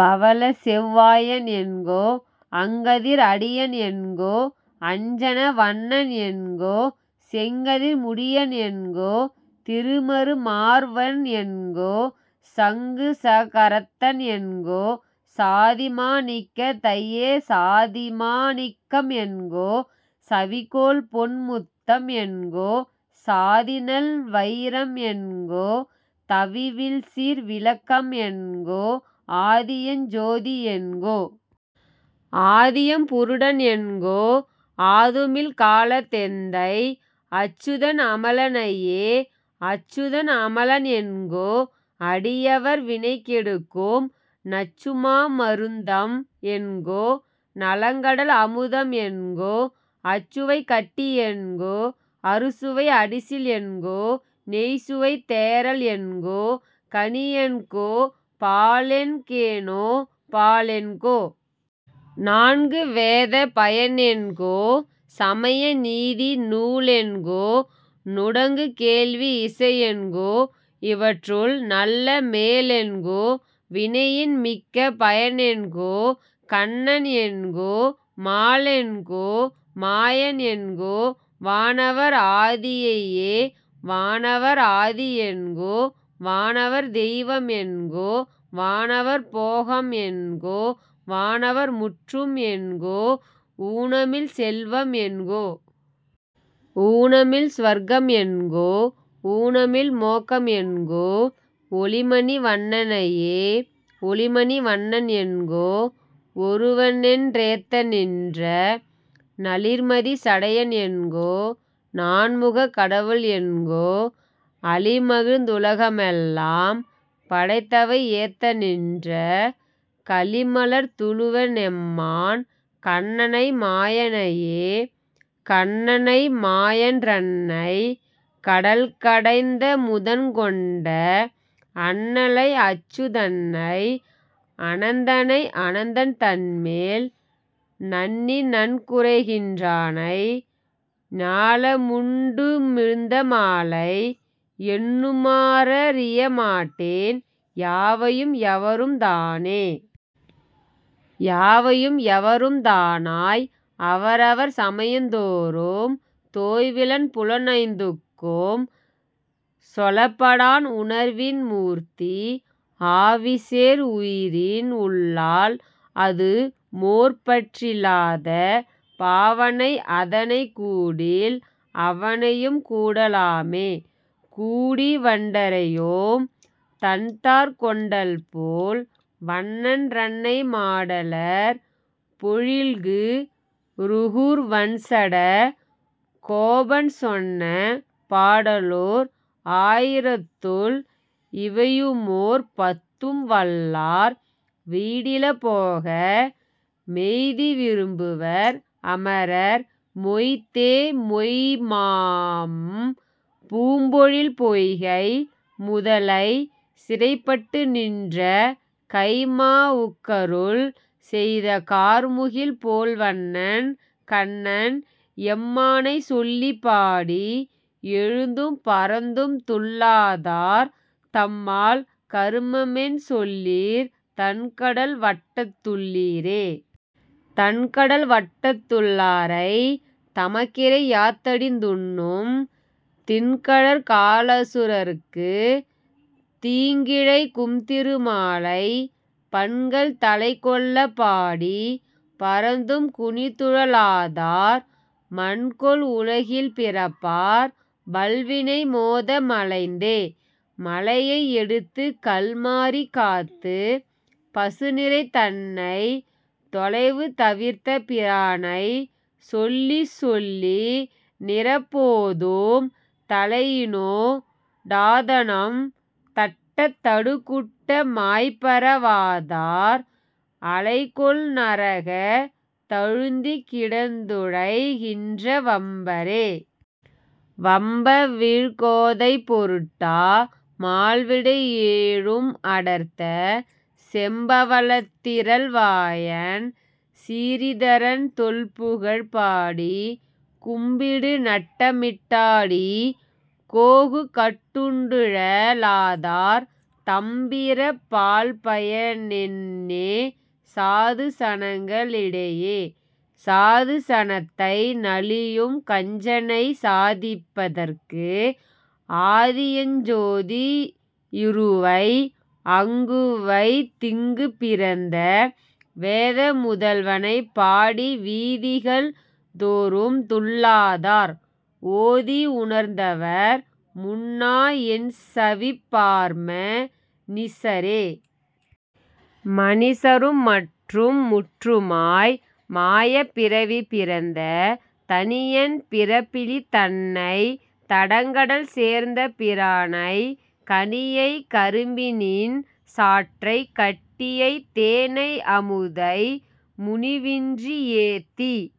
பவளச்செவ் வாயன் என்கோ, அங்கதிர் அடியன் என்கோ. அஞ்சன வண்ணன் என்கோ, செங்கதிர் முடியன் என்கோ. திருமறு மார்வன் என்கோ, சங்குசக் கரத்தன் என்கோ. சாதிமா ணிக்கத் தையே.. சாதிமா ணிக்கம் என்கோ. சவிகோள்பொன் முத்தம் என்கோ, சாதிநல் வயிரம் என்கோ, தவிவில்சீர் விளக்கம் என்கோ, ஆதியஞ் சோதி என்கோ. ஆதியம் புருடன் என்கோ, ஆதுமில் காலத் தெந்தை அச்சுதன் அமல னையே.. அச்சுதன் அமலன் என்கோ, அடியவர் வினைகெடுக்கும், நச்சுமா மருந்தம் என்கோ. நலங்கடல் அமுதம் என்கோ, அச்சுவைக் கட்டி என்கோ. அறுசுவை அடிசில் என்கோ, நெய்ச்சுவைத் தேறல் என்கோ. கனியென்கோ. பாலென் கேனோ.. பாலென்கோ. நான்கு வேதப் பயனென்கோ, சமய நீதி நூலென்கோ. நுடங்கு கேள்வி இசையென்கோ. இவற்றுள் நல்ல மேலென்கோ, வினையின் மிக்க பயனென்கோ, கண்ணன் என்கோ. மாலென்கோ. மாயன் என்கோ வானவர் ஆதி யையே.. வானவர் ஆதி என்கோ. வானவர் தெய்வம் என்கோ, வானவர் போகம் என்கோ. வானவர் முற்றும் என்கோ, ஊனமில் செல்வம் என்கோ. ஊனமில் சுவர்க்கம் என்கோ, ஊனமில் மோக்கம் என்கோ. ஒளிமணி வண்ண னையே.. ஒளிமணி வண்ணன் என்கோ. ஒருவனென் றேத்த நின்ற நளிர்மதிச் சடையன் என்கோ. நான்முகக் கடவுள் என்கோ, அளிமகிழ்ந் துலகமெல்லாம் படைத்தவை ஏத்த நின்ற, களிமலர்த் துளவ னெம்மான் கண்ணனை மாய னையே.. கண்ணனை மாயன் றன்னைக் கடல்கடைந் தமுதங் கொண்ட, அண்ணலை அச்சு தன்னை அனந்தனை அனந்தன் தன்மேல், நண்ணிநன் குறைகின் றானை ஞாலமுண் டுமிழ்ந்த மாலை, எண்ணுமா றறிய மாட்டேன், யாவையும் யவரும் தானே.. யாவையும் யவரும் தானாய் அவரவர் சமயந் தோறும், தோய்விலன் புலனைந் துக்கும் சொலப்படான் உணர்வின் மூர்த்தி, ஆவிசேர் உயிரின் உள்ளால் அதுமோர் பற்றி லாத, பாவனை அதனைக் கூடில் அவனையும் கூட லாமே. கூடிவண் டறையும் தண்தார்க்கொண்டல்போல் வண்ணன் றன்னை மாடலர் பொழில்கு ருகூர் வண்சட கோபன் சொன்ன, பாடலோர் ஆயி ரத்துள் இவையுமோர் பத்தும் வல்லார், வீடில போக மெய்தி விரும்புவர் அமரர் மொய்த்தே மொய்ம்மாம் பூம்பொழில் பொய்கை முதலைச் சிறைப்பட்டு நின்ற, கைம்மா வுக்கருள் செய்த கார்முகில் போல்வண்ணன் கண்ணன், எம்மா னைச்சொல்லிப் பாடி எழுந்தும் பறந்தும்துள் ளாதார், தம்மால் கருமமென் சொல்லீர் தண்கடல் வட்டத்துள் ளீரே.. தண்கடல் வட்டத்துள் ளாரைத் தமக்கிரை யாத்தடிந் துண்ணும், திண்கழற் காலசு ரர்க்குத் தீங்கிழைக் கும்திரு மாலை, பண்கள் தலைக்கொள்ளப் பாடிப் பறந்தும் குனித்துழ லாதார், மண்கொள் உலகில் பிறப்பார் வல்வினை மோத மலைந்தே.. மலையை யெடுத்துக்கல் மாரி காத்துப் பசுநிரை தன்னை, தொலைவு தவிர்த்த பிரானைச் சொல்லிச்சொல் லிநிறெப் போதும், தலையினோ டாதனம் தட்டத் தடுகுட்ட மாய்ப்பற வாதார், அலைகொள் நரகத் தழுந்திக் கிடந்துழைக் கின்ற வம்பரே.. வம்பவிழ் கோதை பொருட்டா மால்விடை யேழும் அடர்த்த, செம்பவ ளத்திரள் வாயன் சிரீதரன் தொல்புகழ் பாடி, கும்பிடு நட்டமிட் டாடிக் கோகுகட் டுண்டுழ லாதார், தம்பிறப் பால்பய னென்னே சாது சனங்க ளிடையே?. சாது சனத்தை நலியும் கஞ்சனைச் சாதிப்ப தற்கு, ஆதியஞ் சோதி யுருவை அங்குவைத் திங்குப் பிறந்த, வேத முதல்வனைப் பாடி வீதிகள் தோறும்துள் ளாதார், ஓதி யுணர்ந்தவர் முன்னா என்சவிப் பார்ம னிசரே?. மனிசரும் மற்றும் முற்றுமாய் மாயப் பிறவி பிறந்த, தனியன் பிறப்பிலி தன்னைத் தடங்கடல் சேர்ந்த பிரானை, கனியைக் கரும்பினின் சாற்றைக் கட்டியைத் தேனை அமுதை, முனிவின்றி ஏத்திக்